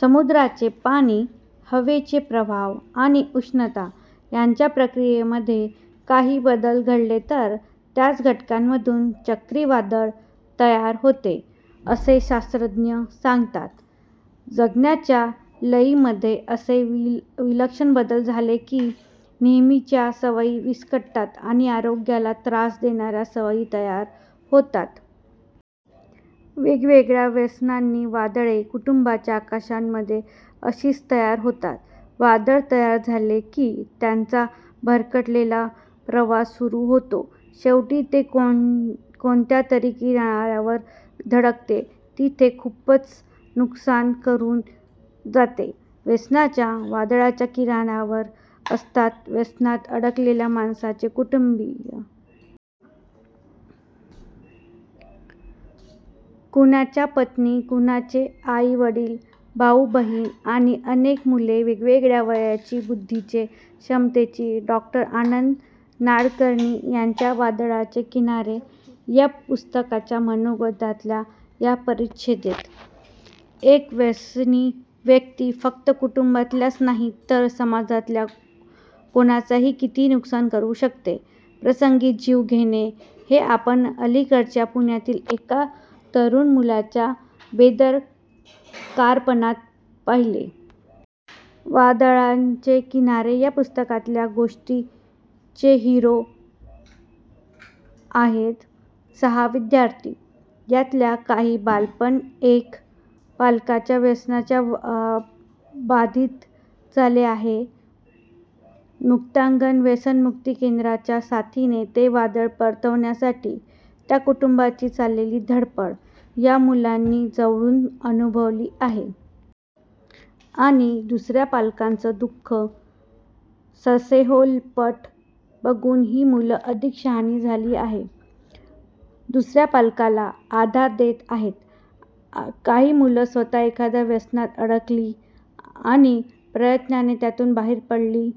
"समुद्राचे पाणी, हवेचे प्रवाह आणि उष्णता ह्यांच्या प्रक्रियेमध्ये काही बदल घडले तर त्याच घटकांमधून चक्रीवादळ तयार होते, असं शास्त्रज्ञ सांगतात. जगण्याच्या लयीमध्ये असे विलक्षण बदल झाले की, नेहमीच्या सवयी विस्कटतात आणि आरोग्याला त्रास देणाऱ्या सवयी तयार होतात. वेगवेगळ्या व्यसनांची वादळे, कुटुंबांच्या आकाशामध्ये अशीच तयार होतात. वादळ तयार झाले की, त्याचा भरकटलेला प्रवास सुरू होतो. शेवटी ते कोणत्यातरी किनाऱ्यावर धडकते. तिथे खूपच नुकसान करून जाते. व्यसनांच्या वादळाच्या किनाऱ्यावर असतात व्यसनात अडकलेल्या माणसाचे कुटुंबीय. कुणाची पत्नी, कुणाचे आई-वडील, भाऊ-बहिणी आणि अनेकांची मुले. वेगवेगळ्या वयांची, बुद्धीची, क्षमतांची. " डॉ. आनंद नाडकर्णी यांच्या 'वादळाचे किनारे' या पुस्तकाच्या मनोगतातला हा परिच्छेद. एक व्यसनी व्यक्ती फक्त कुटुंबातल्याच नाही, तर समाजातल्या कुणाचंही किती नुकसान करू शकते; प्रसंगी जीव घेते, हे आपण अलीकडेच पुण्यातील एका तरुण मुलाच्या बेदरकारपणात पाहिलं. 'वादळाचे किनारे' या पुस्तकातल्या गोष्टींचे हिरो आहेत सहा विद्यार्थी. यातल्या काहींचं बालपण एका पालकाच्या व्यसनाने बाधित झालं आहे. 'मुक्तांगण' व्यसनमुक्ती केंद्राच्या साथीने ते वादळ परतवण्यासाठी त्या कुटुंबांची चाललेली धडपड या मुलांनी जवळून अनुभवली आहे. आणि दुसऱ्या पालकाचं दु:ख, ससेहोलपट बघून ही मुलं अधिक शहाणी झाली आहेत, दुसऱ्या पालकाला आधार देत आहेत. काही मुलं स्वत: एखाद्या व्यसनात अडकली आणि प्रयत्नाने त्यातून कशी बाहेर पडली,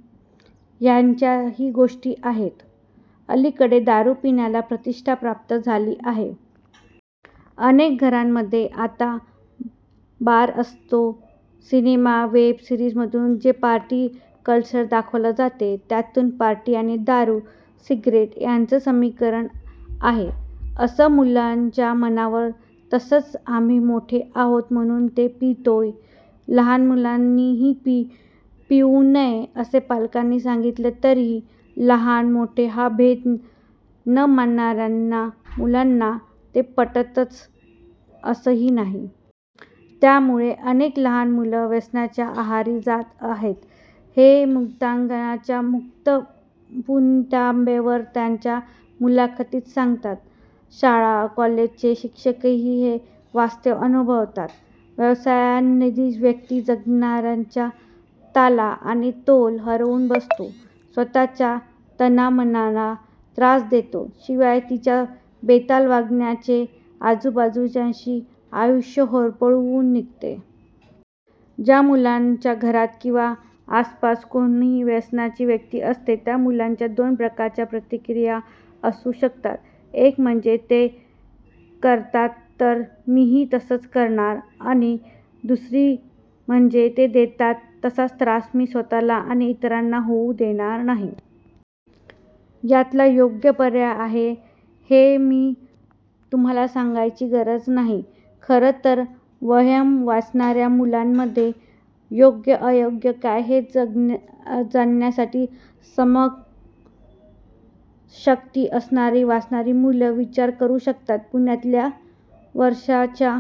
याच्याही गोष्टी आहेत. अलीकडे दारू पिण्याला प्रतिष्ठा प्राप्त झाली आहे. अनेक घरांमध्ये आता बार असतो. सिनेमा, वेब सिरीजमधून जे पार्टी कल्चर दाखवलं जातं, त्यातून पार्टी आणि दारू, सिगरेट यांचं समीकरण आहे, असं मुलांच्या मनावर ठसतं. 'आम्ही मोठे आहोत, म्हणून हे पितोय, लहान मुलांनी हे पिऊ नये', असं पालकांनी सांगितलं तरी लहान-मोठे हा भेद न मानणाऱ्या मुलांना ते पटतंच असं नाही. त्यामुळे अनेक लहान मुलं व्यसनांच्या आहारी जात आहेत, हे 'मुक्तांगण'च्या मुक्ता पुणतांबेकर त्यांच्या मुलाखतीत सांगतात. शाळा-कॉलेजचे शिक्षकही हे वास्तव अनुभवतात. व्यसनाधीन व्यक्ती, जगण्याचा ताल आणि तोल हरवून बसते. स्वत:च्या तना-मनाला त्रास देतेच, शिवाय तिच्या बेताल वागण्याने आजूबाजूच्यांचेही आयुष्य होरपळून निघते. ज्या मुलांच्या घरात किंवा आसपास कोणी व्यसनी व्यक्ती असते, त्या मुलांच्या दोन प्रकारच्या प्रतिक्रिया असू शकतात. एक म्हणजे, ते करतात तर मीही तसंच करणार. आणि दुसरी म्हणजे, ते देतात तसा त्रास मी स्वत:ला आणि इतरांना होऊ देणार नाही. यातला योग्य पर्याय काय, हे मी तुम्हांला सांगायची गरज नाही. खरं तर 'वयम्' वाचणाऱ्या मुलांमध्ये योग्य-अयोग्य काय, हे जाणण्याची समजशक्ती असणार; वाचणारी मुलं विचार करू शकतात! पुण्यातल्या वर्षांच्या